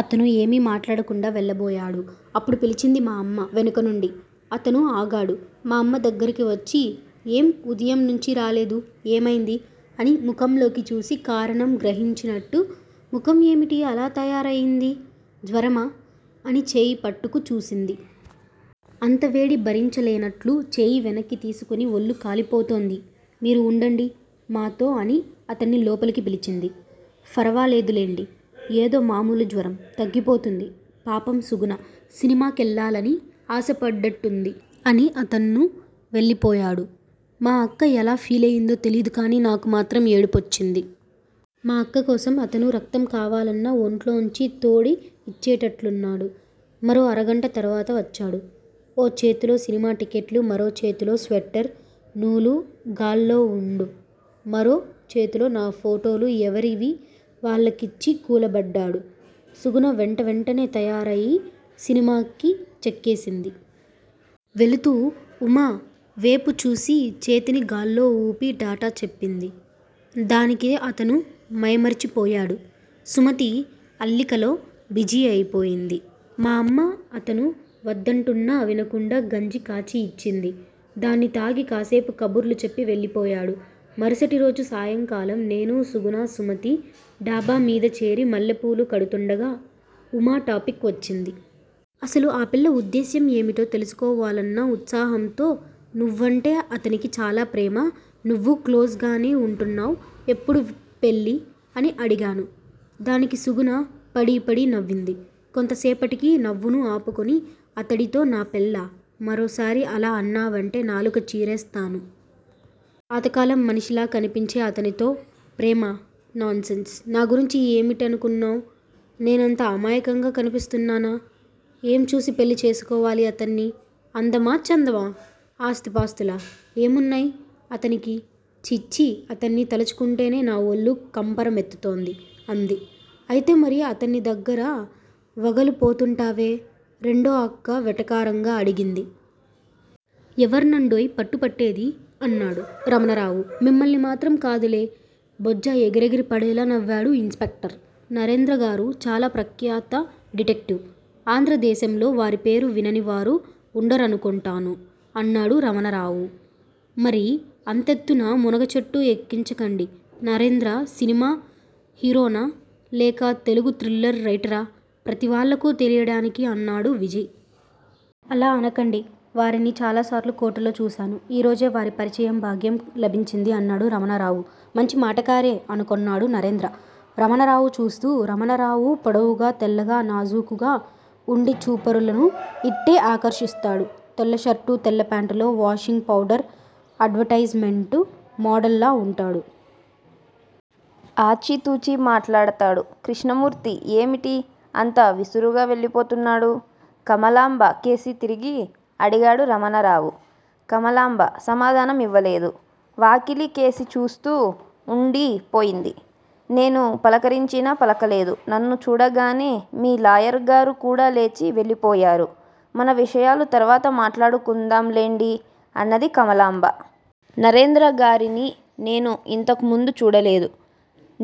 అతను ఏమీ మాట్లాడకుండా వెళ్ళబోయాడు. అప్పుడు పిలిచింది మా అమ్మ వెనుకనుండి. అతను ఆగాడు. మా అమ్మ దగ్గరికి వచ్చి ఏం ఉదయం నుంచీ రాలేదు. ఏమైంది? అని ముఖంలోకి చూసి కారణం గ్రహించినట్టు ముఖం ఏమిటి అలా తయారయింది? జ్వరమా? అని చేయి పట్టుకు చూసింది. అంత వేడి భరించలేనట్లు చేయి వెనక్కి తీసుకుని ఒళ్ళు కాలిపోతోంది. మీరు వుండండి మాతో అని అతన్ని లోపలికి పిలిచింది. ఫరవాలేదులెండి. ఏదో మామూలు జ్వరం. తగ్గిపోతుంది. పాపం సుగుణ సినిమాకెళ్ళాలని ఆశపడ్డట్టుంది అని అతన్ను వెళ్ళిపోయాడు. మా అక్క ఎలా ఫీలయిందో తెలియదుగానీ నాకు మాత్రం ఏడుపోచ్చింది. మా అక్కకోసం అతను రక్తం కావాలన్నా ఒంట్లోంచి తోడి ఇచ్చేటట్లున్నాడు. మరో అరగంట తర్వత వచ్చాడు. ఓ చేతిలో సినిమా టిక్కెట్లు, మరో చేతిలో స్వెట్టర్ నూలు గాల్లో వుండు, మరో చేతిలో నా ఫోటోలు ఎవరివి వాళ్ళకిచ్చి కూలబడ్డాడు. సుగుణ వెంట వెంటనే తయారై సినిమాకి చెక్కేసింది. వెళుతూ ఉమా వేపు చూసి చేతిని గాల్లో వూపి టాటా చెప్పింది. దానికి అతను మైమరిచిపోయాడు. సుమతి అల్లికలో బిజీ అయిపోయింది. మా అమ్మ అతను వద్దంటున్నా వినకుండా గంజి కాచి ఇచ్చింది. దాన్ని తాగి కాసేపు కబుర్లు చెప్పి వెళ్ళిపోయాడు. మరుసటి రోజు సాయంకాలం నేనూ, సుగుణ, సుమతి డాబా మీద చేరి మల్లెపూలు కడుతుండగా ఉమా టాపిక్ వచ్చింది. అసలు ఆ పిల్ల ఉద్దేశ్యం ఏమిటో తెలుసుకోవాలన్న ఉత్సాహంతో నువ్వంటే అతనికి చాలా ప్రేమ. నువ్వూ క్లోజ్ గానే వుంటున్నావ్. ఎప్పుడు పెళ్ళి? అని అడిగాను. దానికి సుగుణ పడీ పడీ నవ్వింది. కొంతసేపటికి నవ్వును ఆపుకుని అతడితో నా పెళ్ళా? మరోసారి అలా అన్నావంటే నాలుక చీరేస్తాను. పాతకాలం మనిషిలా కనిపించే అతనితో ప్రేమా? నాన్సెన్స్. నా గురించి ఏమిటనుకున్నావ్? నేనంత అమాయకంగా కనిపిస్తున్నానా? ఏం చూసి పెళ్ళి చేసుకోవాలి అతన్ని? అందమా చందమా? ఆస్తిపాస్తులా? ఏం ఉన్నాయి అతనికి? ఛీఛీ అతన్ని తలుచుకుంటేనే నా ఒళ్ళు కంపర మెత్తుతోంది అంది. అయితే మరి అతని దగ్గర వగలు పోతుంటావే రెండో అక్క వెటకారంగా అడిగింది. ఎవర్నండోయ్ పట్టు పట్టేది? అన్నాడు రమణరావు. మిమ్మల్ని మాత్రం కాదులే బొజ్జ ఎగిరెగిరిపడేలా నవ్వాడు ఇన్ స్పెక్టర్. నరేంద్రగారు చాలా ప్రఖ్యాత డిటెక్టివ్. ఆంధ్రదేశంలో వారి పేరు వినని వారు ఉండరనుకొంటాను అన్నాడు రమణరావు. మరీ అంతెత్తున మునగచెట్టు ఎక్కించకండి. నరేంద్ర సినిమా హీరోనా లేక తెలుగు థ్రిల్లర్ రైటరా ప్రతి వాళ్ళకూ తెలియడానికి అన్నాడు విజయ్. అలా అనకండి. వారిని చాలాసార్లు కోర్టులో చూశాను. ఈరోజే వారి పరిచయం భాగ్యం లభించింది అన్నాడు రమణరావు. మంచిమాటకారే! అనుకొన్నాడు నరేంద్ర రమణరావు చూస్తూ. రమణరావు పొడవుగా, తెల్లగా, నాజూకుగా ఉండిచూపరులను ఇట్టే ఆకర్షిస్తాడు. తెల్లషర్టూ, తెల్ల ప్యాంటులో, washing powder advertisement model లా ఉంటాడు. ఆచితూచి మాట్లాడతాడు. కృష్ణమూర్తి ఏమిటి అంత విసురుగా వెళ్ళిపోతున్నాడు? కమలాంబ కేసి తిరిగి అడిగాడు రమణరావు. కమలాంబ సమాధానం ఇవ్వలేదు. వాకిలి కేసి చూస్తూ ఉండి పోయింది. నేను పలకరించినా పలకలేదు. నన్ను చూడగానే మీ లాయర్ గారు కూడా లేచి వెళ్ళిపోయారు? మన విషయాలు తర్వాత మాట్లాడుకుందాంలెండి అన్నది కమలాంబ. నరేంద్రగారిని నేను ఇంతకు ముందు చూడలేదు.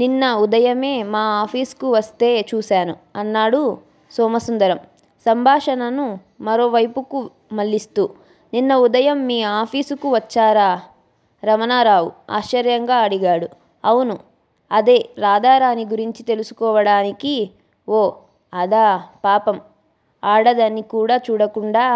నిన్న ఉదయమే మా ఆఫీసుకు వస్తే చూశాను అన్నాడు సోమసుందరం సంభాషణను మరో వైపుకు మళ్ళిస్తూ. నిన్న ఉదయం మీ ఆపీసుకు వచ్చారా? రమణరావు ఆశ్చర్యంగా అడిగాడు. అవును. అదే రాధారాణి గురించి తెలుసుకోవడానికి ఓ అదా! పాపం! ఆడదని కూడా చూడకుండా